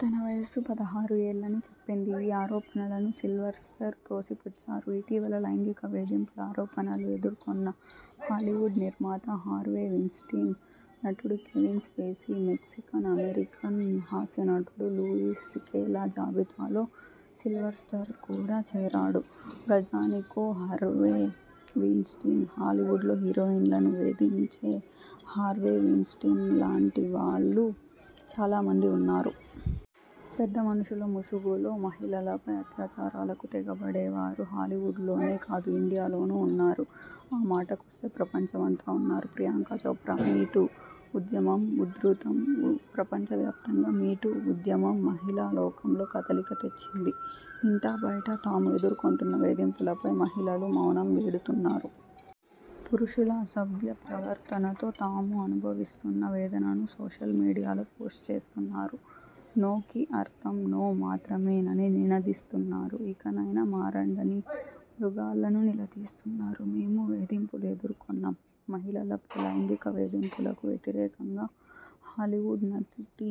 తన వయస్సు పదహారు ఏళ్లని చెప్పింది. ఈ ఆరోపణలను సిల్వర్స్టర్ తోసిపుచ్చారు. ఇటీవల లైంగిక వేధింపుల ఆరోపణలు ఎదుర్కొన్న హాలీవుడ్ నిర్మాత హార్వే వీన్స్టీన్, నటుడు కెవిన్ స్పేసీ, మెక్సికన్ అమెరికన్ హాస్యనటుడు లూయిస్ సీకేల జాబితాలో సిల్వర్స్టర్ కూడా చేరాడు. గజానికో హార్వే వీన్స్టీన్ ''హాలీవుడ్లో హీరోయిన్లను వేధించే హార్వే వీన్స్టీన్లాంటివాళ్లు చాలామంది ఉన్నారు. పెద్దమనుషుల ముసుగులో మహిళలపై అత్యాచారాలకు తెగబడేవారు హాలీవుడ్లోనే కాదు ఇండియాలోనూ ఉన్నారు. ఆ మాటకొస్తే ప్రపంచమంతా ఉన్నారు. ప్రియాంక చోప్రా 'మీ టూ' ఉద్యమం ఉధృతం ప్రపంచవ్యాప్తంగా 'మీ టూ' ఉద్యమం మహిళా లోకంలో కదలిక తెచ్చింది. ఇంటా బయటా తాము ఎదుర్కొంటున్న వేధింపులపై మహిళలు మౌనం వీడుతున్నారు. పురుషుల అసభ్య ప్రవర్తనతో తాము అనుభవిస్తున్న వేదనను సోషల్ మీడియాలో పోస్ట్ చేస్తున్నారు. 'నో'కి అర్థం 'నో' మాత్రమేనని నినదిస్తున్నారు. ఇకనైనా మారండని మృగాళ్లను నిలదీస్తున్నారు. మేమూ వేధింపులు ఎదుర్కొన్నాం మహిళలపై లైంగిక వేధింపులకు వ్యతిరేకంగా హాలీవుడ్ నటి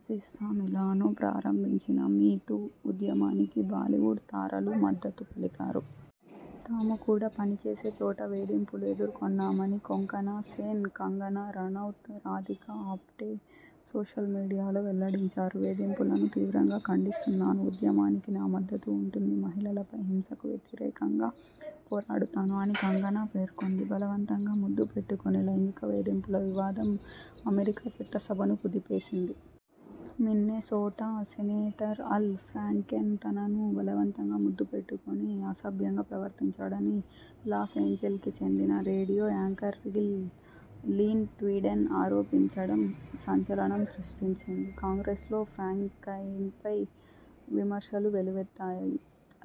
అసిస్సా మిలానో ప్రారంభించిన 'మీ టూ' ఉద్యమానికి బాలీవుడ్ తారలు మద్దతు పలికారు. తాము కూడా పనిచేసే చోట వేధింపులు ఎదర్కొన్నామని కొంకణాసేన్, కంగనా రనౌత్, రాధికా ఆప్టే సోషల్ మీడియాలో వెల్లడించారు. 'వేధింపులను తీవ్రంగా ఖండిస్తున్నాను. ఉద్యమానికి నా మద్దతు ఉంటుంది. మహిళలపై హింసకు వ్యతిరేకంగా పోరాడుతాను' అని కంగనా పేర్కొంది. బలవంతంగా ముద్దుపెట్టుకుని లైంగిక వేధింపుల వివాదం అమెరికా చట్టసభను కుదిపేసింది. మిన్నెసోటా సెనేటర్ అల్ ఫ్రాంకెన్ తనను బలవంతంగా ముద్దు పెట్టుకుని, అసభ్యంగా ప్రవర్తించాడని లాస్ఏంజెల్ కి చెందిన రేడియో యాంకర్ లీన్ ట్వీడన్ ఆరోపించడం సంచలనం సృష్టించింది. కాంగ్రెస్ లో ఫ్రాంకెన్పై విమర్శలు వెల్లువెత్తాయి.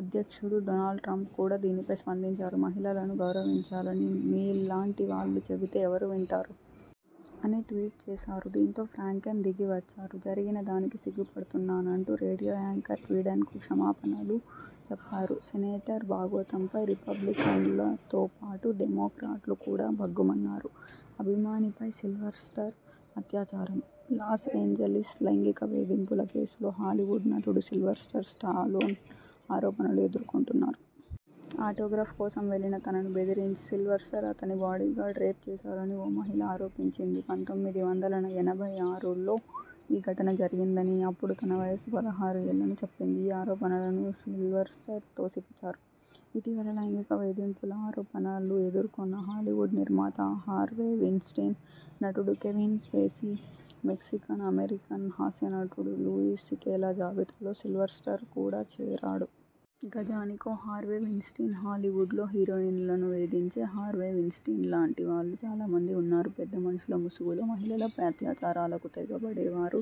అధ్యక్షుడు డొనాల్డ్ ట్రంప్ కూడా దీనిపై స్పందించారు. 'మహిళలను గౌరవించాలని మీలాంటివాళ్లు చెబితే ఎవరు వింటారు? ' అని ట్వీట్ చేశారు. దీంతో ఫ్రాంకెన్ దిగివచ్చారు. జరిగిన దానికి సిగ్గుపడుతున్నానంటూ రేడియో యాంకర్ ట్వీడన్కు క్షమాపణలు చెప్పారు. సెనేటర్ బాగోతంపై రిపబ్లికన్లతోబాటు, డెమోక్రాట్లు కూడా భగ్గుమన్నారు. అభిమానిపై సిల్వర్స్టర్ అత్యాచారం! లాస్ఏంజెలిస్ లైంగిక వేధింపుల కేసులో హాలీవుడ్ నటుడు సిల్వర్స్టర్ స్టాలోన్ ఆరోపణలు ఎదుర్కొంటున్నారు. ఆటోగ్రాఫ్ కోసం వెళ్లిన తనను బెదిరించి సిల్వర్స్టర్, అతని బాడీగార్డ్ రేప్ చేశారని ఓ మహిళ ఆరోపించింది. పంతొమ్మిది వందల ఎనభై ఆరులో ఈ ఘటన జరిగిందనీ, అప్పుడు తన వయస్సు పదహారు ఏళ్లని చెప్పింది. ఈ ఆరోపణలను సిల్వర్స్టర్ తోసిపుచ్చారు. ఇటీవల లైంగిక వేధింపుల ఆరోపణలు ఎదుర్కొన్న హాలీవుడ్ నిర్మాత హార్వే వీన్స్టీన్, నటుడు కెవిన్ స్పేసీ, మెక్సికన్ అమెరికన్ హాస్యనటుడు లూయిస్ సీకేల జాబితాలో సిల్వర్స్టర్ కూడా చేరాడు. గజానికో హార్వే వీన్స్టీన్ ''హాలీవుడ్లో హీరోయిన్లను వేధించే హార్వే వీన్స్టీన్లాంటివాళ్లు చాలామంది ఉన్నారు. పెద్దమనుషుల ముసుగులో మహిళలపై అత్యాచారాలకు తెగబడేవారు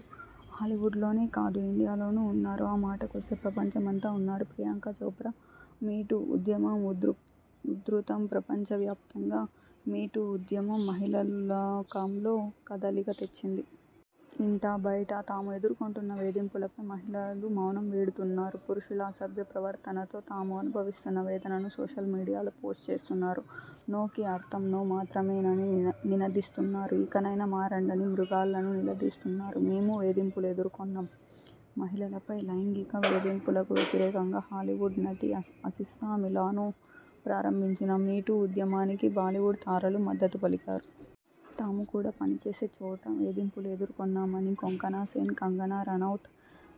హాలీవుడ్లోనే కాదు ఇండియాలోనూ ఉన్నారు. ఆమాటకొస్తే ప్రపంచమంతా ఉన్నారు. ''ప్రియాంక చోప్రా'మీ టూ' ఉద్యమం ఉధృతంప్రపంచవ్యాప్తంగా 'మీ టూ' ఉద్యమం మహిళాలోకంలో కదలిక తెచ్చింది. ఇంటా బయటా తాము ఎదుర్కొంటున్న వేధింపులపై మహిళలు మౌనం వీడుతున్నారు. పురుషుల అసభ్య ప్రవర్తనతో తాము అనుభవిస్తున్న వేదనను సోషల్ మీడియాలో పోస్ట్ చేస్తున్నారు. 'నో'కి అర్థం 'నో' మాత్రమేనని నినదిస్తున్నారు. ఇకనైనా మారండని మృగాళ్లను నిలదీస్తున్నారు. మేమూ వేధింపులు ఎదుర్కొన్నాం.. మహిళలపై లైంగిక వేధింపులకు వ్యతిరేకంగా హాలీవుడ్ నటి అసిస్సా మిలానో ప్రారంభించిన 'మీ టూ' ఉద్యమానికి బాలీవుడ్ తారలు మద్దతు పలికారు. తాము కూడా పనిచేసే చోట వేధింపులు ఎదర్కొన్నామని కొంకణాసేన్, కంగనా రనౌత్,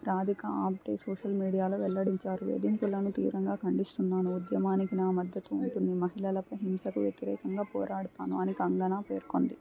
రాధికా ఆప్టే సోషల్ మీడియాలో వెల్లడించారు. 'వేధింపులను తీవ్రంగా ఖండిస్తున్నాను. ఉద్యమానికి నా మద్దతు ఉంటుంది. మహిళలపై హింసకు వ్యతిరేకంగా పోరాడుతాను' అని కంగనా పేర్కొంది.